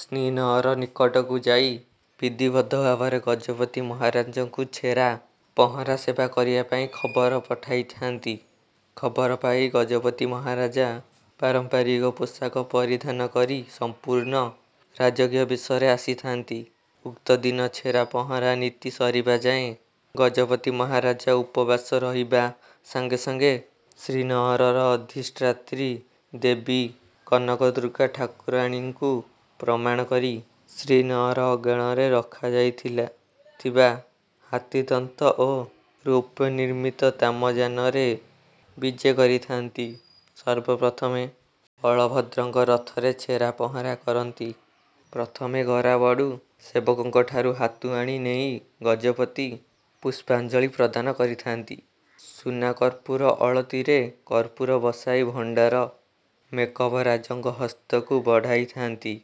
ଶ୍ରୀନଅର ନିକଟକୁ ଯାଇ ବିଧିବଦ୍ଧ ଭାବରେ ଗଜପତି ମହାରାଜାଙ୍କୁ ଛେରା ପହଁରା ସେବା କରିବା ପାଇଁ ଖବର ପଠାଇଥାନ୍ତି। ଖବର ପାଇ ଗଜପତି ମହାରାଜ ପାରମ୍ପାରିକ ପୋଷାକ ପରିଧାନ କରି ସମ୍ପୂର୍ଣ୍ଣ ରାଜକୀୟ ବେଶରେ ଆସିଥାନ୍ତି। ଉକ୍ତଦିନ ଛେରା ପହଁରା ନୀତି ସରିବା ଯାଏଁ ଗଜପତି ମହାରାଜା ଉପବାସ ରହିବା ସଙ୍ଗେ ସଙ୍ଗେ ଶ୍ରୀନଅରର ଅଧିଷ୍ଠାତ୍ରୀ ଦେବୀ କନକ ଦୁର୍ଗା ଠାକୁରାଣୀଙ୍କୁ ପ୍ରଣାମ କରି ଶ୍ରୀନଅର ଅଗଣାରେ ରଖାଯାଇଥିବା ହାତୀଦନ୍ତ ଓ ରୌପ୍ୟ ନିର୍ମିତ ତାମଯାନରେ ବିଜେ କରିଥାନ୍ତି। ସର୍ବପ୍ରଥମେ ବଳଭଦ୍ରଙ୍କ ରଥରେ ଛେରା ପହଁରା କରନ୍ତି। ପ୍ରଥମେ ଗରାବଡୁ ସେବକଙ୍କଠାରୁ ହାତୁଆଣି ନେଇ ଗଜପତି ପୁଷ୍ପାଞ୍ଜଳି ପ୍ରଦାନ କରିଥାନ୍ତି। ସୁନା କର୍ପୂର ଆଳତିରେ କର୍ପୂର ବସାଇ ଭଣ୍ଡାର ମେକପ ରାଜାଙ୍କ ହସ୍ତକୁ ବଢାଇଥାନ୍ତି।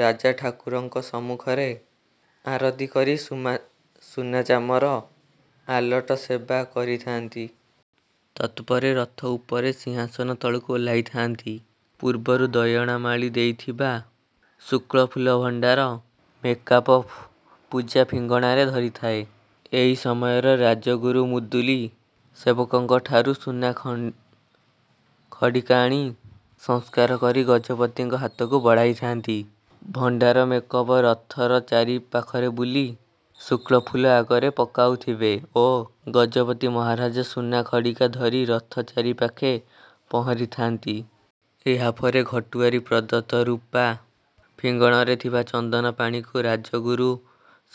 ରାଜା ଠାକୁରଙ୍କ ସମ୍ମୁଖରେ ଆରତି କରି ସୁନା ଚାମର ଆଲଟ ସେବା କରିଥାନ୍ତି। ତତ୍ପରେ ରଥ ଉପରେ ସିଂହାସନ ତଳକୁ ଓହ୍ଲାଇଥାନ୍ତି। ପୂର୍ବରୁ ଦୟଣାମାଳି ଦେଇଥିବା ଶୁକ୍ଳ ଫୁଲ ଭଣ୍ଡାର ମେକାପ ପୂଜା ପିଙ୍ଗଣରେ ଧରିଥାଏ। ଏହି ସମୟରେ ରାଜଗୁରୁ ମୁଦୁଲି ସେବକଙ୍କଠାରୁ ସୁନା ଖଡିକା ଆଣି ସଂସ୍କାର କରି ଗଜପତିଙ୍କ ହାତକୁ ବଢାଇଥାନ୍ତି। ଭଣ୍ଡାର ମେକପ ରଥର ଚାରି ପାଖରେ ବୁଲି ଶୁକ୍ଳ ଫୁଲ ଆଗରେ ପକାଉଥିବେ ଓ ଗଜପତି ମହାରାଜା ସୁନା ଖଡିକା ଧରି ରଥ ଚାରି ପାଖେ ପହଁରିଥାନ୍ତି। ଏହା ପରେ ଘଟୁଆରୀ ପ୍ରଦତ୍ତ ରୂପା ପିଙ୍ଗଣରେ ଥିବା ଚନ୍ଦନ ପାଣିକୁ ରାଜଗୁରୁ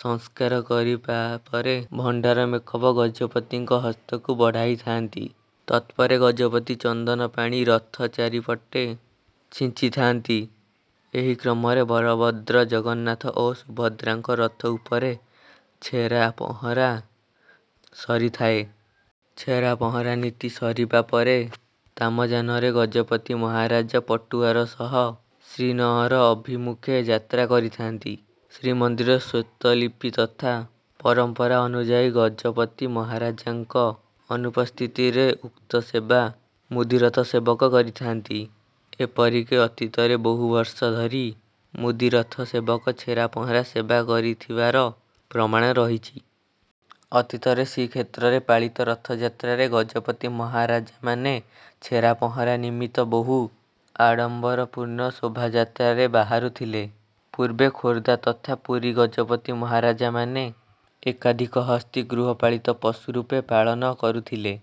ସଂସ୍କାର କରିବାପରେ ଭଣ୍ଡାର ମେକପ ଗଜପତିଙ୍କ ହସ୍ତକୁ ବଢାଇଥାନ୍ତି। ତତ୍ପରେ ଗଜପତି ଚନ୍ଦନପାଣି ରଥ ଚାରିପଟରେ ଛିଞ୍ଚିଥାନ୍ତି। ଏହି କ୍ରମରେ ବଳଭଦ୍ର, ଜଗନ୍ନାଥ ଓ ସୁଭଦ୍ରାଙ୍କ ରଥ ଉପରେ ଛେରା ପହଁରା ସରିଥାଏ। ଛେରା ପହଁରା ନୀତି ସରିବା ପରେ ତାମଯାନରେ ଗଜପତି ମହାରାଜା ପଟୁଆର ସହ ଶ୍ରୀନଅର ଅଭିମୁଖେ ଯାତ୍ରା କରିଥାନ୍ତି। ଶ୍ରୀମନ୍ଦିର ସ୍ୱତ୍ତ୍ୱଲିପି ତଥା ପରମ୍ପରା ଅନୁଯାୟୀ ଗଜପତି ମହାରାଜାଙ୍କ ଅନୁପସ୍ଥିତିରେ ଉକ୍ତ ସେବା ମୁଦିରଥ ସେବକ କରିଥାନ୍ତି। ଏପରିକି ଅତୀତରେ ବହୁବର୍ଷ ଧରି ମୁଦିରଥ ସେବକ ଛେରା ପହଁରା ସେବା କରିଥିବାର ପ୍ରମାଣ ରହିଛି। ଅତୀତରେ ଶ୍ରୀକ୍ଷେତ୍ରରେ ପାଳିତ ରଥଯାତ୍ରାରେ ଗଜପତି ମହାରାଜାମାନେ ଛେରା ପହଁରା ନିମିତ୍ତ ବହୁ ଆଡ଼ମ୍ବରପୂର୍ଣ୍ଣ ଶୋଭାଯାତ୍ରାରେ ବାହାରୁଥିଲେ। ପୂର୍ବେ ଖୋର୍ଦ୍ଧା ତଥା ପୁରୀ ଗଜପତି ମହାରାଜାମାନେ ଏକାଧିକ ହସ୍ତୀ ଗୃହପାଳିତ ପଶୁ ରୂପେ ପାଳନ କରୁଥିଲେ।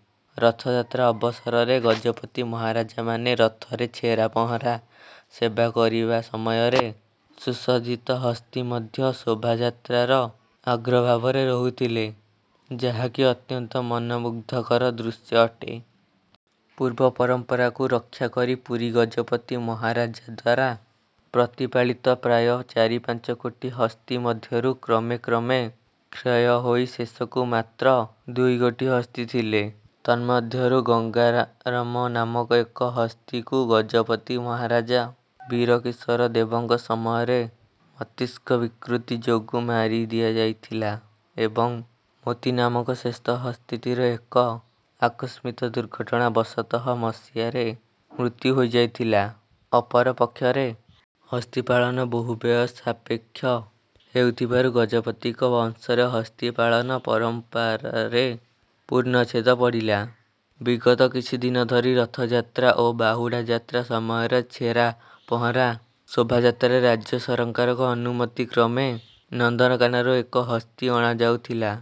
ରଥଯାତ୍ରା ଅବସରରେ ଗଜପତି ମହାରାଜାମାନେ ରଥରେ ଛେରା ପହଁରା ସେବା କରିବା ସମୟରେ ସୁସଜ୍ଜିତ ହସ୍ତୀ ମଧ୍ୟ ଶୋଭାଯାତ୍ରାର ଅଗ୍ରଭାଗରେ ରହୁଥିଲେ, ଯାହାକି ଅତ୍ୟନ୍ତ ମନମୁଗ୍ଧକର ଦୃଶ୍ୟ ଅଟେ। ପୂର୍ବ ପରମ୍ପରାକୁ ରକ୍ଷାକରି ପୁରୀ ଗଜପତି ମହାରାଜାଙ୍କଦ୍ୱାରା ପ୍ରତିପାଳିତ ପ୍ରାୟ ଚାରି ପାଞ୍ଚଗୋଟି ହସ୍ତୀ ମଧ୍ୟରୁ କ୍ରମେ କ୍ରମେ କ୍ଷୟହୋଇ ଶେଷକୁ ମାତ୍ର ଦୁଇଗୋଟି ହସ୍ତୀ ଥିଲେ। ତନ୍ମଧ୍ୟରୁ ଗଙ୍ଗାରାମ ନାମକ ଏକ ହସ୍ତୀକୁ ଗଜପତି ମହାରାଜ ବୀରକିଶୋର ଦେବଙ୍କ ସମୟରେ ମସ୍ତିଷ୍କ ବିକୃତି ଯୋଗୁଁ ମାରି ଦିଆଯାଇଥିଲା ଏବଂ ମୋତି ନାମକ ଶେଷ ହସ୍ତୀଟିର ଏକ ଆକସ୍ମିକ ଦୁର୍ଘଟଣା ବଶତଃ ମସିହାରେ ମୃତ୍ୟୁ ହୋଇଯାଇଥିଲା। ଅପରପକ୍ଷରେ ହସ୍ତୀ ପାଳନ ବହୁ ବ୍ୟୟ ସାପେକ୍ଷ ହେଉଥିବାରୁ ଗଜପତିଙ୍କ ବଂଶରେ ହସ୍ତୀ ପାଳନ ପରମ୍ପରାରେ ପୂର୍ଣ୍ଣଛେଦ ପଡିଲା। ବିଗତ କିଛିଦିନ ଧରି ରଥଯାତ୍ରା ଓ ବାହୁଡ଼ା ଯାତ୍ରା ସମୟରେ ଛେରା ପହଁରା ଶୋଭାଯାତ୍ରାରେ ରାଜ୍ୟ ସରକାରଙ୍କ ଅନୁମତି କ୍ରମେ ନନ୍ଦନକାନନରୁ ଏକ ହସ୍ତୀ ଅଣାଯାଉଥିଲା।